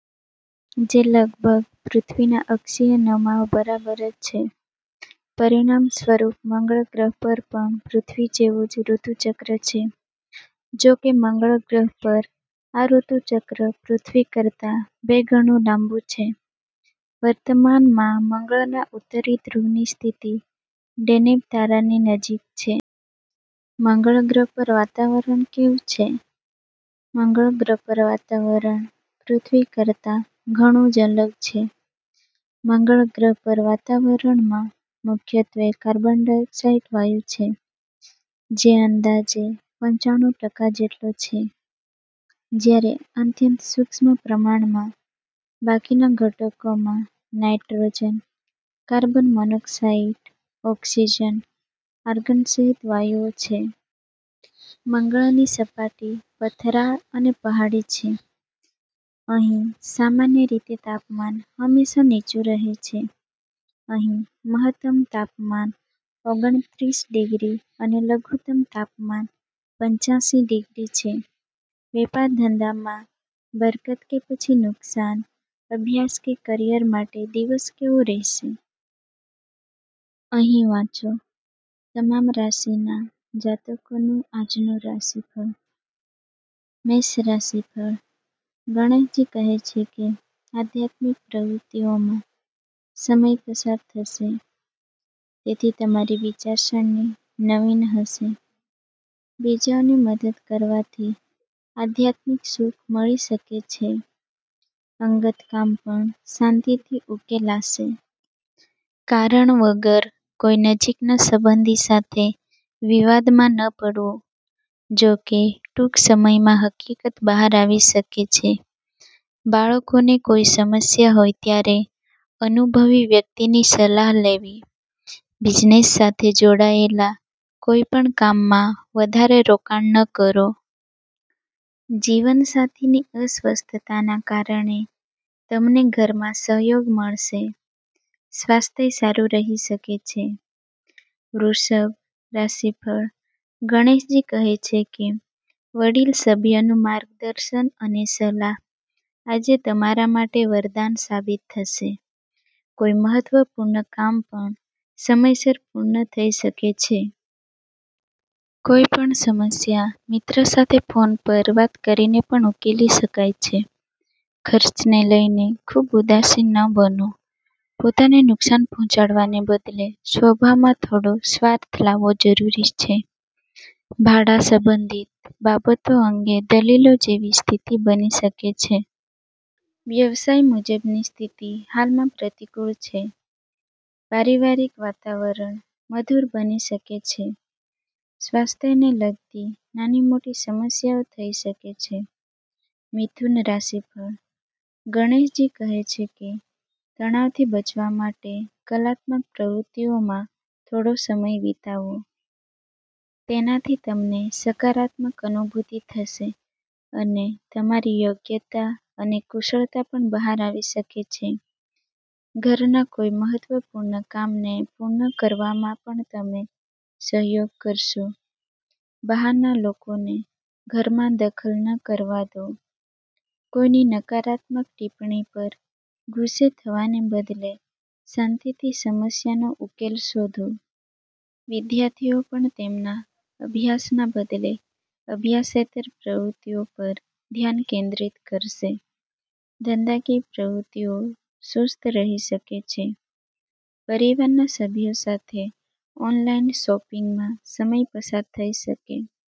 જે લગભગ પૃથ્વીના અક્ષીય નમાવ બરાબર જ છે. પરિણામ સ્વરૂપ મંગળ ગ્રહ પર પણ પૃથ્વી જેવું જ ઋતુ ચક્ર છે. જોકે મંગળ ગ્રહ પર આ ઋતુચક્ર પૃથ્વી કરતાં બે ગણું લાબું છે. વર્તમાનમાં મંગળના ઉત્તરી ધ્રુવની સ્થિતિ ડેનેબ તારાની નજીક છે. મંગળ ગ્રહ પર વાતાવરણ કેવું છે? મંગળ ગ્રહ પર વાતાવરણ પૃથ્વી કરતાં ઘણું જ અલગ છે. મંગળ ગ્રહ પર વાતાવરણમાં મુખ્યત્વે કાર્બન ડાયોક્સાઇડ વાયું છે. જે અંદાજે પંચાણુ ટકા જેટલો છે. જ્યારે અત્યંત સૂક્ષ્મ પ્રમાણમાં બાકીના ઘટકોમાં nitrogen, carbon monoxide, oxygen, argon સહિત વાયુઓ છે. મંગળની સપાટી પથરાળ અને પહાડી છે. અહીં સામાન્ય રીતે તાપમાન હંમેશા નીચું રહે છે. અહીં મહત્તમ તાપમાન ઓગણત્રીસ ડિગ્રી અને લઘુત્તમ તાપમાન પંચાશી ડિગ્રી છે. વેપાર ધંધામાં બરકત કે પછી નુકસાન, અભ્યાસ કે કરિયર માટે દિવસ કેવો રહેશે? અહીં વાંચો તમામ રાશિના જાતકોનું આજનું રાશિફળ. મેષ રાશિફળ: ગણેશજી કહે છે કે આધ્યાત્મિક પ્રવૃત્તિઓમાં સમય પસાર થશે. તેથી તમારી વિચારસરણી નવીન હશે. બીજાઓને મદદ કરવાથી આધ્યાત્મિક સુખ મળી શકે છે. અંગત કામ પણ શાંતિથી ઉકેલાશે. કારણ વગર કોઈ નજીકના સંબંધી સાથે વિવાદમાં ન પડવું. જો કે ટૂંક સમયમાં હકીકત બહાર આવી શકે છે. બાળકોને કોઈ સમસ્યા હોય ત્યારે અનુભવી વ્યક્તિની સલાહ લેવી. બિઝનેસ સાથે જોડાયેલા કોઈપણ કામમાં વધારે રોકાણ ન કરો. જીવનસાથીની અસ્વસ્થતાના કારણે તમને ઘરમાં સહયોગ મળશે. સ્વાસ્થ્ય સારું રહી શકે છે. વૃષભ રાશિફળ: ગણેશજી કહે છે કે વડીલ સભ્યનું માર્ગદર્શન અને સલાહ આજે તમારા માટે વરદાન સાબિત થશે. કોઈ મહત્વપૂર્ણ કામ પણ સમયસર પૂર્ણ થઈ શકે છે. કોઈ પણ સમસ્યા મિત્ર સાથે ફોન પર વાત કરીને પણ ઉકેલી શકાય છે. ખર્ચને લઈને ખૂબ ઉદાસીન ન બનો. પોતાને નુકસાન પહોંચાડવાને બદલે સ્વભાવમાં થોડો સ્વાર્થ લાવવો જરૂરી છે. ભાડા સંબંધિત બાબતો અંગે દલીલો જેવી સ્થિતિ બની શકે છે. વ્યવસાય મુજબની સ્થિતિ હાલમાં પ્રતિકૂળ છે. પારિવારિક વાતાવરણ મધુર બની શકે છે. સ્વાસ્થ્યને લગતી નાની-મોટી સમસ્યાઓ થઈ શકે છે. મિથુન રાશિફળ: ગણેશજી કહે છે કે તણાવથી બચવા માટે કલાત્મક પ્રવૃત્તિઓમાં થોડો સમય વિતાવો. તેનાથી તમને સકારાત્મક અનુભૂતિ થશે અને તમારી યોગ્યતા અને કુશળતા પણ બહાર આવી શકે છે. ઘરના કોઈ મહત્વપૂર્ણ કામને પૂર્ણ કરવામાં પણ તમે સહયોગ કરશો. બહારના લોકોને ઘરમાં દખલ ન કરવા દો. કોઈની નકારાત્મક ટિપ્પણી પર ગુસ્સે થવાને બદલે શાંતિથી સમસ્યાનો ઉકેલ શોધો. વિદ્યાર્થીઓ પણ તેમના અભ્યાસના બદલે અભ્યાસેતર પ્રવૃત્તિઓ પર ધ્યાન કેન્દ્રિત કરશે. ધંધાકીય પ્રવૃત્તિઓ સુસ્ત રહી શકે છે. પરિવારના સભ્યો સાથે ઓનલાઈન શોપિંગમાં સમય પસાર થઈ શકે.